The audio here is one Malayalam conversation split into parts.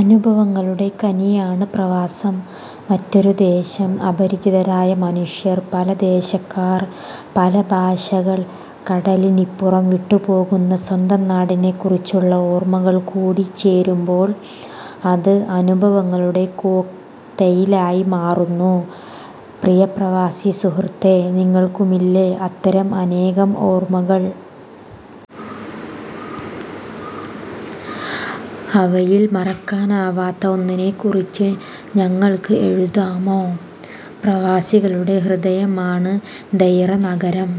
അനുഭവങ്ങളുടെ ഖനിയാണ് പ്രവാസം. മറ്റൊരു ദേശം. അപരിചിതരായ മനുഷ്യർ. പല ദേശക്കാർ. പല ഭാഷകൾ. കടലിനിപ്പുറം വിട്ടു പോവുന്ന സ്വന്തം നാടിനെക്കുറിച്ചുള്ള ഓർമ്മകൾ കൂടി ചേരുമ്പോൾ അത് അനുഭവങ്ങളുടെ കോക് ടെയിലായി മാറുന്നു. പ്രിയ പ്രവാസി സുഹൃത്തേ, നിങ്ങള്ക്കുമില്ലേ, അത്തരം അനേകം ഓർമ്മകൾ. അവയിൽ മറക്കാനാവാത്ത ഒന്നിനെ കുറിച്ച് ഞങ്ങൾക്ക് എഴുതാമോ? പ്രവാസികളുടെ ഹൃദയമാണ് ദൈറ നഗരം.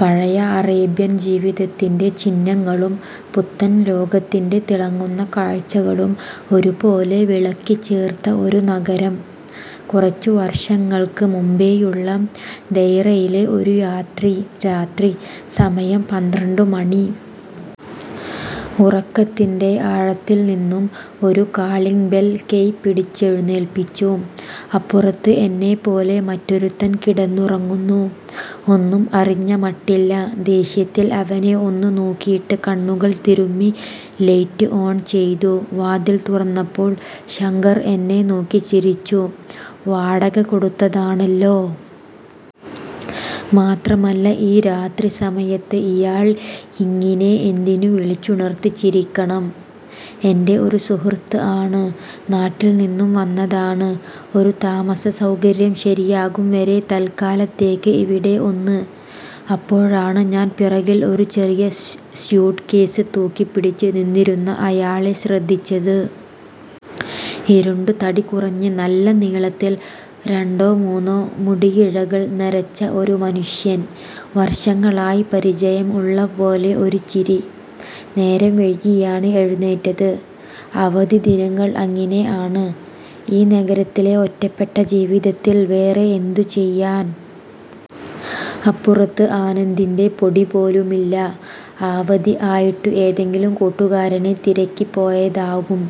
പഴയ അറേബ്യൻ ജീവിതത്തിന്റെ ചിഹ്നങ്ങളും പുത്തൻ ലോകത്തിന്റെ തിളങ്ങുന്ന കാഴ്ചകളും ഒരു പോലെ വിളക്കി ചേർത്ത ഒരു നഗരം. കുറച്ചു വർഷങ്ങൾക്ക് മുമ്പെയുള്ള ദൈറയിലെ ഒരു രാത്രി. സമയം പന്ത്രണ്ടു മണി. ഉറക്കത്തിന്റെ ആഴത്തിൽ നിന്നും ഒരു കാളിംഗ് ബെൽ കൈ പിടിച്ചെഴുന്നേൽപ്പിച്ചു. അപ്പുറത്ത് എന്നെപ്പോലെ മറ്റൊരുത്തൻ കിടന്നുറങ്ങുന്നു. ഒന്നും അറിഞ്ഞ മട്ടില്ല. ദേഷ്യത്തിൽ അവനെ ഒന്നു നോക്കിയിട്ട് കണ്ണുകൾ തിരുമ്മി ലൈറ്റ് ഓൺ ചെയ്തു. വാതിൽ തുറന്നപ്പോൾ ശങ്കർ എന്നെ നോക്കി ചിരിച്ചു. വാടക കൊടുത്തതാണല്ലോ! മാത്രമല്ല ഈ രാത്രി സമയത്ത് ഇയാൾ ഇങ്ങിനെ എന്തിനു വിളിച്ചുണർത്തി ചിരിക്കണം? ' എന്റെ ഒരു സുഹൃത്ത് ആണ്. നാട്ടിൽ നിന്നും വന്നതാണ് ഒരു താമസ സൗകര്യം ശരിയാകും വരെ തൽക്കാലത്തേക്ക് ഇവിടെ ഒന്ന്. '. അപ്പോഴാണ് ഞാൻ പിറകിൽ ഒരു ചെറിയ സ്യൂട്ട്കേസ് തൂക്കിപ്പിടിച്ച് നിന്നിരുന്ന അയാളെ ശ്രദ്ധിച്ചത്. ഇരുണ്ട് തടി കുറഞ്ഞ് നല്ല നീളത്തിൽ, രണ്ടോ മൂന്നോ മുടിയിഴകൾ നരച്ച, ഒരു മനുഷ്യൻ. വർഷങ്ങളായി പരിചയം ഉള്ള പോലെ ഒരു ചിരി! നേരം വൈകിയാണ് എഴുന്നേറ്റത്. അവധി ദിനങ്ങൾ അങ്ങിനെ ആണ്. ഈ നഗരത്തിലെ ഒറ്റപ്പെട്ട ജീവിതത്തിൽ വേറെ എന്തു ചെയ്യാൻ? അപ്പുറത്ത് ആനന്ദിന്റെ പൊടി പോലുമില്ല. അവധി ആയിട്ടു ഏതെങ്കിലും കൂട്ടുകാരനെ തിരക്കി പോയതാകും.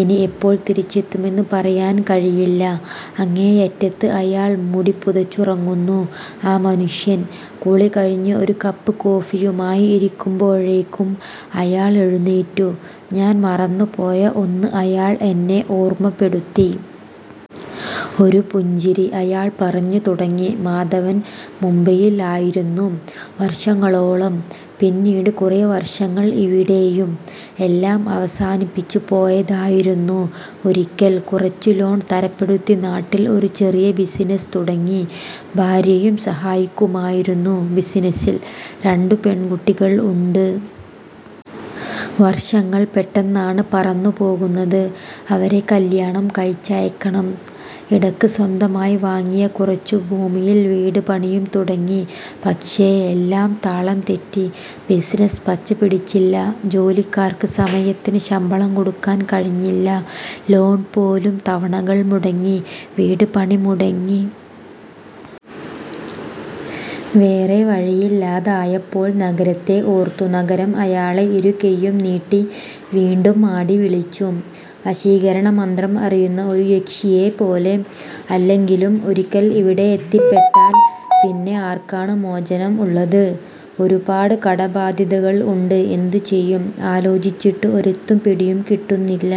ഇനി എപ്പോൾ തിരിച്ചെത്തുമെന്ന് പറയാൻ കഴിയില്ല. അങ്ങേയറ്റത്ത് അയാൾ മൂടിപുതച്ചുറങ്ങുന്നു. ആ മനുഷ്യൻ. കുളി കഴിഞ്ഞ് ഒരു കപ്പ് കോഫിയുമായി ഇരിക്കുമ്പോഴേക്കും അയാൾ എഴുന്നേറ്റു. ഞാൻ മറന്നു പോയ ഒന്ന് അയാൾ എന്നെ ഓർമ്മപ്പെടുത്തി. ഒരു പുഞ്ചിരി! അയാൾ പറഞ്ഞു തുടങ്ങി: മാധവൻ മുംബൈയിൽ ആയിരുന്നു വർഷങ്ങളോളം. പിന്നീട് കുറെ വർഷങ്ങൾ ഇവിടെയും. എല്ലാം അവസാനിപ്പിച്ചു പോയതായിരുന്നു ഒരിക്കൽ. കുറച്ചു ലോൺ തരപ്പെടുത്തി നാട്ടിൽ ഒരു ചെറിയ ബിസിനസ് തുടങ്ങി. ഭാര്യയും സഹായിക്കുമായിരുന്നു ബിസിനസിൽ. രണ്ടു പെൺകുട്ടികൾ ഉണ്ട്. വർഷങ്ങൾ പെട്ടെന്നാണ് പറന്നു പോകുന്നത്. അവരെ കല്ല്യാണം കഴിച്ചയക്കണം. ഇടക്ക് സ്വന്തമായി വാങ്ങിയ കുറച്ചു ഭൂമിയിൽ വീട് പണിയും തുടങ്ങി. പക്ഷെ എല്ലാം താളം തെറ്റി. ബിസിനസ് പച്ച പിടിച്ചില്ല. ജോലിക്കാർക്ക് സമയത്തിന് ശമ്പളം കൊടുക്കാൻ കഴിഞ്ഞില്ല. ലോൺ പോലും തവണകൾ മുടങ്ങി. വീട് പണി മുടങ്ങി. വേറെ വഴിയില്ലാതായപ്പോൾ നഗരത്തെ ഓർത്തു. നഗരം അയാളെ ഇരുകൈയ്യും നീട്ടി വീണ്ടും മാടി വിളിച്ചു. വശീകരണമന്ത്രം അറിയുന്ന ഒരു യക്ഷിയെപ്പോലെ! അല്ലെങ്കിലും ഒരിക്കൽ ഇവിടെ എത്തിപ്പെട്ടാൽ പിന്നെ ആർക്കാണ് മോചനം ഉള്ളത്? ' ഒരുപാട് കടബാധ്യതകൾ ഉണ്ട്. എന്തു ചെയ്യും? ആലോചിച്ചിട്ടു ഒരെത്തും പിടിയും കിട്ടുന്നില്ല.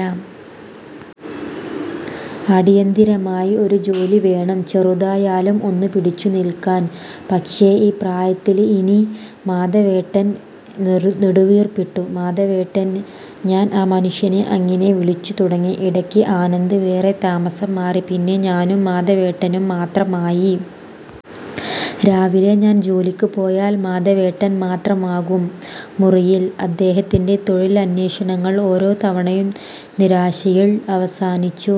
അടിയന്തിരമായി ഒരു ജോലി വേണം. ചെറുതായാലും ഒന്ന് പിടിച്ചു നിൽക്കാൻ. പക്ഷെ, ഈ പ്രായത്തില് ഇനി? ' മാധവേട്ടന് നെടുവീർപ്പിട്ടു. ' മാധവേട്ടൻ ' ഞാൻ ആ മനുഷ്യനെ അങ്ങിനെ വിളിച്ചു തുടങ്ങി. ഇടയ്ക്ക് ആനന്ദ് വേറെ താമസം മാറി. പിന്നെ ഞാനും മാധവേട്ടനും മാത്രമായി. രാവിലെ ഞാൻ ജോലിക്ക് പോയാൽ മാധവേട്ടൻ മാത്രമാകും മുറിയിൽ. അദ്ദേഹത്തിന്റെ തൊഴിൽ അന്വേഷണങ്ങൾ ഓരോ തവണയും നിരാശയിൾ അവസാനിച്ചു.